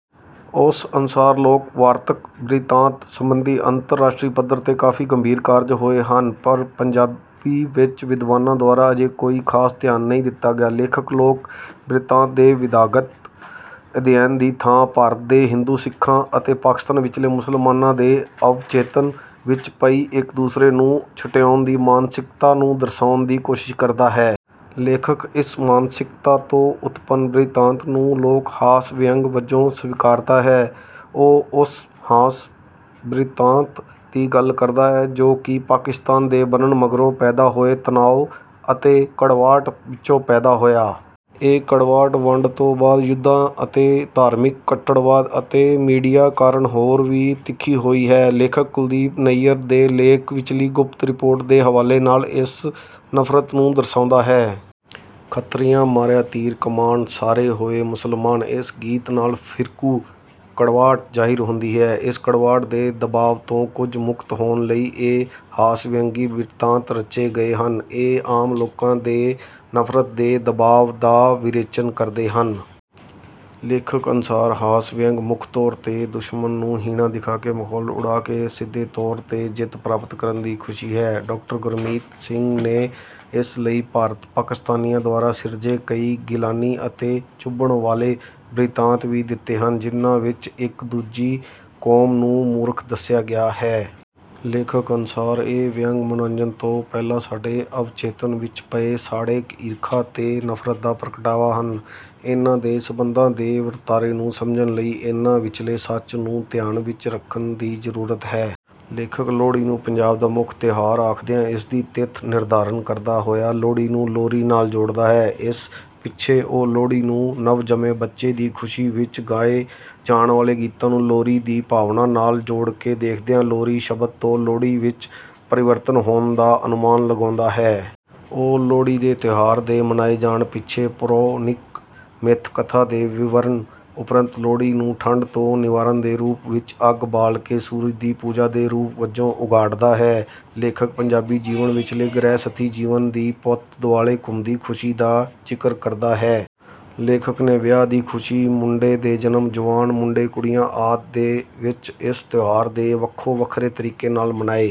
ਉਸ ਅਨੁਸਾਰ ਲੋਕ ਵਾਰਤਕ ਬ੍ਰਿਤਾਂਤ ਸੰਬੰਧੀ ਅੰਤਰ ਰਾਸ਼ਟਰੀ ਪੱਧਰ ਤੇ ਕਾਫ਼ੀ ਗੰਭੀਰ ਕਾਰਜ ਹੋਏ ਹਨ ਪਰ ਪੰਜਾਬੀ ਵਿੱਚ ਵਿਦਵਾਨਾਂ ਦੁਆਰਾ ਅਜੇ ਕੋਈ ਖਾਸ ਧਿਆਨ ਨਹੀਂ ਦਿੱਤਾ ਗਿਆ। ਲੇਖਕ ਲੋਕ ਬ੍ਰਿਤਾਂਤ ਦੇ ਵਿਧਾਗਤ ਅਧਿਐਨ ਦੀ ਥਾਂ ਭਾਰਤ ਦੇ ਹਿੰਦੂ ਸਿੱਖਾਂ ਅਤੇ ਪਾਕਿਸਤਾਨ ਵਿੱਚਲੇ ਮੁਸਲਮਾਨਾਂ ਦੇ ਅਵਚੇਤਨ ਵਿੱਚ ਪਈ ਇੱਕ ਦੂਸਰੇ ਨੂੰ ਛੁਟਿਆਉਣ ਦੀ ਮਾਨਸਿਕਤਾ ਨੂੰ ਦਰਸਾਉਣ ਦੀ ਕੋਸ਼ਿਸ਼ ਕਰਦਾ ਹੈ। ਲੇਖਕ ਇਸ ਮਾਨਸਿਕਤਾ ਤੋਂ ਉਤਪੰਨ ਬ੍ਰਿਤਾਂਤ ਨੂੰ ਲੋਕ ਹਾਸ ਵਿਅੰਗ ਵਜੋਂ ਸਵੀਕਾਰਦਾ ਹੈ। ਉਹ ਉਸ ਹਾਸ ਬ੍ਰਿਤਾਂਤ ਦੀ ਗੱਲ ਕਰਦਾ ਹੈ ਜੋ ਕਿ ਪਾਕਿਸਤਾਨ ਦੇ ਬਣਨ ਮਗਰੋਂ ਪੈਦਾ ਹੋਏ ਤਨਾਉ ਅਤੇ ਕੜਵਾਹਟ ਵਿੱਚੋਂ ਪੈਦਾ ਹੋਇਆ। ਇਹ ਕੜਵਾਹਟ ਵੰਡ ਤੋਂ ਬਾਅਦ ਯੁੱਧਾਂ ਅਤੇ ਧਾਰਮਿਕ ਕੱਟੜਵਾਦ ਅਤੇ ਮੀਡੀਆ ਕਾਰਨ ਹੋਰ ਵੀ ਤਿੱਖੀ ਹੋਈ ਹੈ। ਲੇਖਕ ਕੁਲਦੀਪ ਨਈਅਰ ਦੇ ਲੇਖ ਵਿੱਚਲੀ ਗੁਪਤ ਰਿਪੋਰਟ ਦੇ ਹਵਾਲੇ ਨਾਲ ਇਸ ਨਫ਼ਰਤ ਨੂੰ ਦਰਸਾਉਂਦਾ ਹੈ। ਖੱਤਰੀਆਂ ਮਾਰਿਆ ਤੀਰ ਕਮਾਨ ਸਾਰੇ ਹੋਏ ਮੁਸਲਮਾਨ ਇਸ ਗੀਤ ਨਾਲ ਫ਼ਿਰਕੂ ਕੜਵਾਹਟ ਜ਼ਾਹਿਰ ਹੁੰਦੀ ਹੈ। ਇਸ ਕੜਵਾਹਟ ਦੇ ਦਬਾਅ ਤੋਂ ਕੁਝ ਮੁਕਤ ਹੋਣ ਲਈ ਇਹ ਹਾਸ ਵਿਅੰਗੀ ਬ੍ਰਿਤਾਂਤ ਰਚੇ ਗਏ ਹਨ। ਇਹ ਆਮ ਲੋਕਾਂ ਦੇ ਨਫ਼ਰਤ ਦੇ ਦਬਾਅ ਦਾ ਵਿਰੇਚਨ ਕਰਦੇ ਹਨ। ਲੇਖਕ ਅਨੁਸਾਰ ਹਾਸ ਵਿਅੰਗ ਮੁੱਖ ਤੌਰ ਤੇ ਦੁਸ਼ਮਣ ਨੂੰ ਹੀਣਾ ਦਿਖਾਕੇ ਮਖੌਲ ਉਡਾਕੇ ਅਸਿੱਧੇ ਤੌਰ ਤੇ ਜਿੱਤ ਪ੍ਰਾਪਤ ਕਰਨ ਦੀ ਖੁਸ਼ੀ ਹੈ। ਡਾਕਟਰ ਗੁਰਮੀਤ ਸਿੰਘ ਨੇ ਇਸ ਲਈ ਭਾਰਤ ਪਾਕਿਸਤਾਨੀਆਂ ਦੁਆਰਾ ਸਿਰਜੇ ਕਈ ਗਿਲਾਨੀ ਅਤੇ ਚੁਭਣ ਵਾਲੇ ਬ੍ਰਿਤਾਂਤ ਵੀ ਦਿੱਤੇ ਹਨ ਜਿਨ੍ਹਾਂ ਵਿੱਚ ਇੱਕ ਦੂਜੀ ਕੌਮ ਨੂੰ ਮੂਰਖ ਦੱਸਿਆ ਗਿਆ ਹੈ। ਲੇਖਕ ਅਨੁਸਾਰ ਇਹ ਵਿਅੰਗ ਮਨੋਰੰਜਨ ਤੋਂ ਪਹਿਲਾਂ ਸਾਡੇ ਅਵਚੇਤਨ ਵਿੱਚ ਪਏ ਸਾੜੇ ਈਰਖਾ ਤੇ ਨਫ਼ਰਤ ਦਾ ਪ੍ਰਗਟਾਵਾ ਹਨ। ਇਨ੍ਹਾਂ ਦੇ ਸੰਬੰਧਾਂ ਦੇ ਵਰਤਾਰੇ ਨੂੰ ਸਮਝਣ ਲਈ ਇਨ੍ਹਾਂ ਵਿੱਚਲੇ ਸੱਚ ਨੂੰ ਧਿਆਨ ਵਿੱਚ ਰੱਖਣ ਦੀ ਜ਼ਰੂਰਤ ਹੈ। ਲੇਖਕ ਲੋਹੜੀ ਨੂੰ ਪੰਜਾਬ ਦਾ ਮੁੱਖ ਤਿਉਹਾਰ ਆਖਦਿਆਂ ਇਸਦੀ ਤਿੱਥ ਨਿਰਧਾਰਨ ਕਰਦਾ ਹੋਇਆ ਲੋਹੜੀ ਨੂੰ ਲੋਰੀ ਨਾਲ ਜੋੜਦਾ ਹੈ। ਇਸ ਪਿੱਛੇ ਉਹ ਲੋਹੜੀ ਨੂੰ ਨਵ ਜੰਮੇ ਬੱਚੇ ਦੀ ਖੁਸ਼ੀ ਵਿੱਚ ਗਾਏ ਜਾਣ ਵਾਲੇ ਗੀਤਾਂ ਨੂੰ ਲੋਰੀ ਦੀ ਭਾਵਨਾ ਨਾਲ ਜੋੜਕੇ ਦੇਖਦਿਆਂ ਲੋਰੀ ਸ਼ਬਦ ਤੋਂ ਲੋਹੜੀ ਵਿੱਚ ਪਰਿਵਰਤਨ ਹੋਣ ਦਾ ਅਨੁਮਾਨ ਲਗਾਉਂਦਾ ਹੈ। ਉਹ ਲੋਹੜੀ ਦੇ ਤਿਉਹਾਰ ਦੇ ਮਨਾਏ ਜਾਣ ਪਿੱਛੇ ਪੌਰਾਣਿਕ ਮਿੱਥ ਕਥਾ ਦੇ ਵਿਵਰਣ ਉਪਰੰਤ ਲੋਹੜੀ ਨੂੰ ਠੰਢ ਤੋਂ ਨਿਵਾਰਨ ਦੇ ਰੂਪ ਵਿੱਚ ਅੱਗ ਬਾਲਕੇ ਸੂਰਜ ਦੀ ਪੂਜਾ ਦੇ ਰੂਪ ਵਜੋਂ ਉਘਾੜਦਾ ਹੈ। ਲੇਖਕ ਪੰਜਾਬੀ ਜੀਵਨ ਵਿੱਚਲੇ ਗ੍ਰਹਿਸਥੀ ਜੀਵਨ ਦੀ ਪੁੱਤ ਦੁਆਲੇ ਘੁੰਮਦੀ ਖੁਸ਼ੀ ਦਾ ਜ਼ਿਕਰ ਕਰਦਾ ਹੈ। ਲੇਖਕ ਨੇ ਵਿਆਹ ਦੀ ਖੁਸ਼ੀ ਮੁੰਡੇ ਦੇ ਜਨਮ ਜੁਆਨ ਮੁੰਡੇ ਕੁੜੀਆਂ ਆਦਿ ਦੇ ਵਿੱਚ ਇਸ ਤਿਉਹਾਰ ਦੇ ਵੱਖੋ ਵੱਖਰੇ ਤਰੀਕੇ ਨਾਲ ਮਨਾਏ